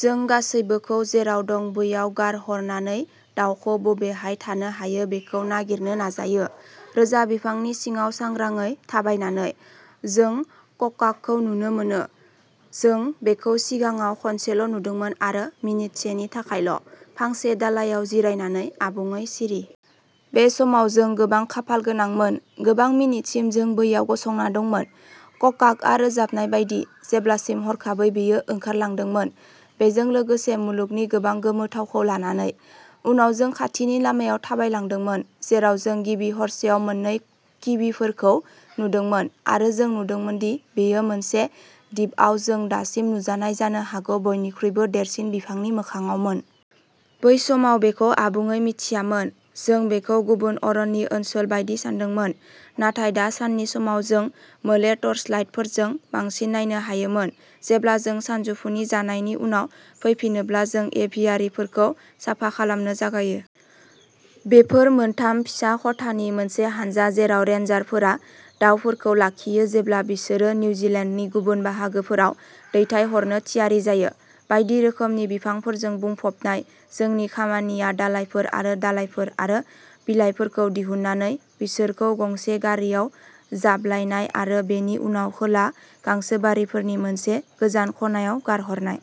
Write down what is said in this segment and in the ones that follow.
जों गासैबोखौ जेराव दं बैयाव गारहरनानै दावखौ बबेहाय थानो हायो बेखौ नागिरनो नाजायो। रोजा बिफांनि सिङाव सांग्राङै थाबायनानै, जों ककाक'खौ नुनो मोनो। जों बेखौ सिगाङाव खनसेल' नुदोंमोन आरो मिनितसेनि थाखायल', फांसे दालाइआव जिरायनानै, आबुङै सिरि। बे समाव जों बांसिन खाफाल गोनांमोन। गोबां मिनिटसिम जों बैयाव गसंना दंमोन, ककाक'आ रोजाबनाय बायदि, जेब्लासिम हरखाबै बेयो ओंखारलांदोंमोन, बेजों लोगोसे मुलुगनि गोबां गोमोथावखौ लानानै। उनाव जों खाथिनि लामायाव थाबायलांदोंमोन, जेराव जों गिबि हरसेयाव मोननै किविफोरखौ नुदोंमोन आरो जों नुदोंमोन दि बेयो मोनसे दिपआव जों दासिम नुजानाय जानो हागौ बयनिख्रुइबो देरसिन बिफांनि मोखाङावमोन। बै समाव बेखौ आबुङै मिथियामोन, जों बेखौ गुबुन अरननि ओनसोल बायदि सान्दोंमोन, नाथाय दा साननि समाव जों मोले टर्चलाइटफोरजों बांसिन नायनो हायोमोन। जेब्ला जों सानजौफुनि जानायनि उनाव फैफिनोब्ला जों एभियारिफोरखौ साफा खालामनो जागायो। बेफोर मोनथाम फिसा खथानि मोनसे हानजा जेराव रेन्जारफोरा दाउफोरखौ लाखियो जेब्ला बिसोरो निउजिलेन्डनि गुबुन बाहागोफोराव दैथायहरनो थियारि जायो। बायदि रोखोमनि बिफांफोरजों बुंफबनाय, जोंनि खामानिया दालाइफोर आरो दालाइफोर आरो बिलाइफोरखौ दिहुननानै, बिसोरखौ गंसे गारिआव जाब्लायनाय आरो बेनि उनाव खोला गांसोबारिफोरनि मोनसे गोजान खनायाव गारहरनाय।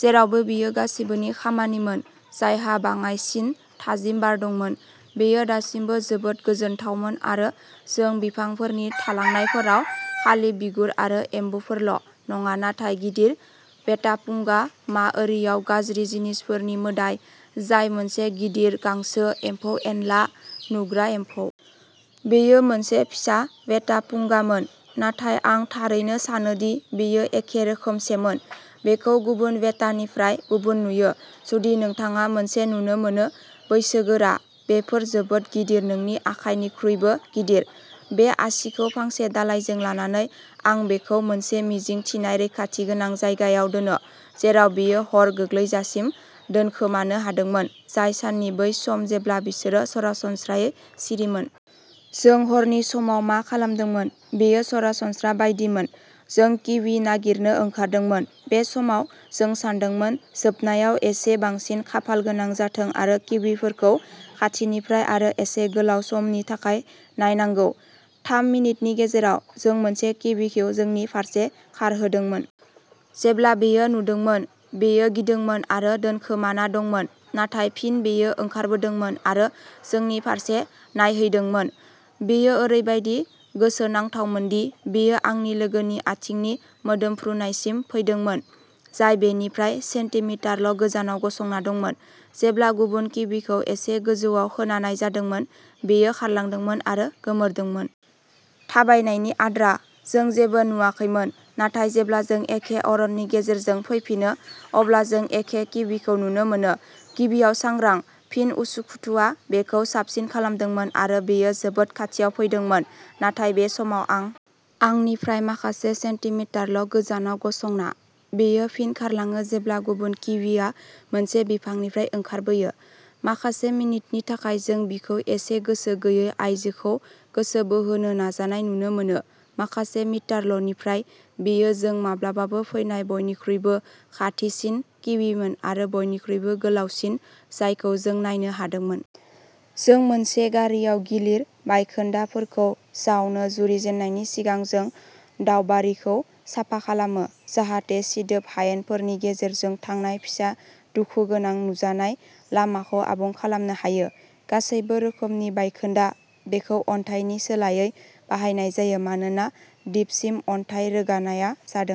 जेरावबो बेयो गासिबोनि खामानिमोन जायहा बाङायसिन थाजिम बार दंमोन, बेयो दासिमबो जोबोद गोजोनथावमोन आरो जों बिफांफोरनि थालांनायफोराव खालि बिगुर आरो एम्बुफोरल' नङा, नाथाय गिदिर वेटापुंगा-माओरीआव "गाज्रि जिनिसफोरनि मोदाइ", जाय मोनसे गिदिर गांसो, एम्फौ-एनला नुग्रा एम्फौ। बेयो मोनसे फिसा वेटापुंगामोन, नाथाय आं थारैनो सानोदि बेयो एखे रोखोमसेमोन। बेखौ गुबुन वेटानिफ्राय गुबुन नुयो। जुदि नोंथाङा मोनसे नुनो मोनो। बैसोगोरा, बेफोर जोबोद गिदिर नोंनि आखाइनिख्रुइबो गिदिर> बे आसिखौ फांसे दालाइजों लानानै, आं बेखौ मोनसे मिजिं थिनाय रैखाथि गोनां जायगायाव दोनो, जेराव बेयो हर गोग्लैजासिम दोनखोमानो हादोंमोन, जाय साननि बै सम जेब्ला बिसोरो सरासनस्रायै सिरिमोन। जों हरनि समाव मा खालामदोंमोन, बेयो सरासनस्रा बायदिमोन, जों किवी नागिरनो ओंखारदोंमोन। बे समाव, जों सानदोंमोन, जोबनायाव एसे बांसिन खाफालगोनां जाथों आरो किवीफोरखौ खाथिनिफ्राय आरो एसे गोलाव समनि थाखाय नायनांगौ। थाम मिनिटनि गेजेराव, जों मोनसे किवीखौ जोंनि फारसे खारहोदोंमोन। जेब्ला बेयो नुदोंमोन, बेयो गिदोंमोन आरो दोनखोमाना दंमोन, नाथाय फिन बेयो ओंखारबोदोंमोन आरो जोंनि फारसे नायहैदोंमोन। बेयो ओरैबादि गोसोनांथावमोनदि बेयो आंनि लोगोनि आथिंनि मोदोमफ्रुनायसिम फैदोंमोन, जाय बेनिफ्राय सेन्टिमिटारल' गोजानाव गसंना दंमोन। जेब्ला गुबुन किवीखौ एसे गोजौआव खोनानाय जादोंमोन, बेयो खारलांदोंमोन आरो गोमोरदोंमोन। थाबायनायनि आद्रा, जों जेबो नुवाखैमोन, नाथाय जेब्ला जों एखे अरननि गेजेरजों फैफिनो, अब्ला जों एखे किवीखौ नुनो मोनो। गिबियाव सांग्रां, फिन उसुखुथुआ बेखौ साबसिन खालामदोंमोन आरो बेयो जोबोद खाथियाव फैदोंमोन, नाथाय बे समाव आं। आंनिफ्राय माखासे सेन्टिमिटारल'गोजानाव गसंना, बेयो फिन खारलाङो जेब्ला गुबुन किवीआ मोनसे बिफांनिफ्राय ओंखारबोयो। माखासे मिनिटनि थाखाय जों बिखौ एसे गोसो गैयै आइजोखौ गोसो बोहोनो नाजानाय नुनो मोनो। माखासे मिटारल'निफ्राय बेयो जों माब्लाबाबो फैनाय बयनिख्रुइबो खाथिसिन किवीमोन आरो बयनिख्रुइबो गोलावसिन जायखौ जों नायनो हादोंमोन। जों मोनसे गारिआव गिलिर बायखोन्दाफोरखौ जावनो जुरिजेननायनि सिगां जों दावबारिखौ साफा खालामो, जाहाथे सिदोब हायेनफोरनि गेजेरजों थांनाय फिसा दुखुगोनां नुजानाय लामाखौ आबुं खालामनो हायो। गासैबो रोखोमनि बायखोन्दा, बेखौ अन्थाइनि सोलायै बाहायनाय जायो मानोना दिपसिम अन्थाइ रोगानायआ जादों।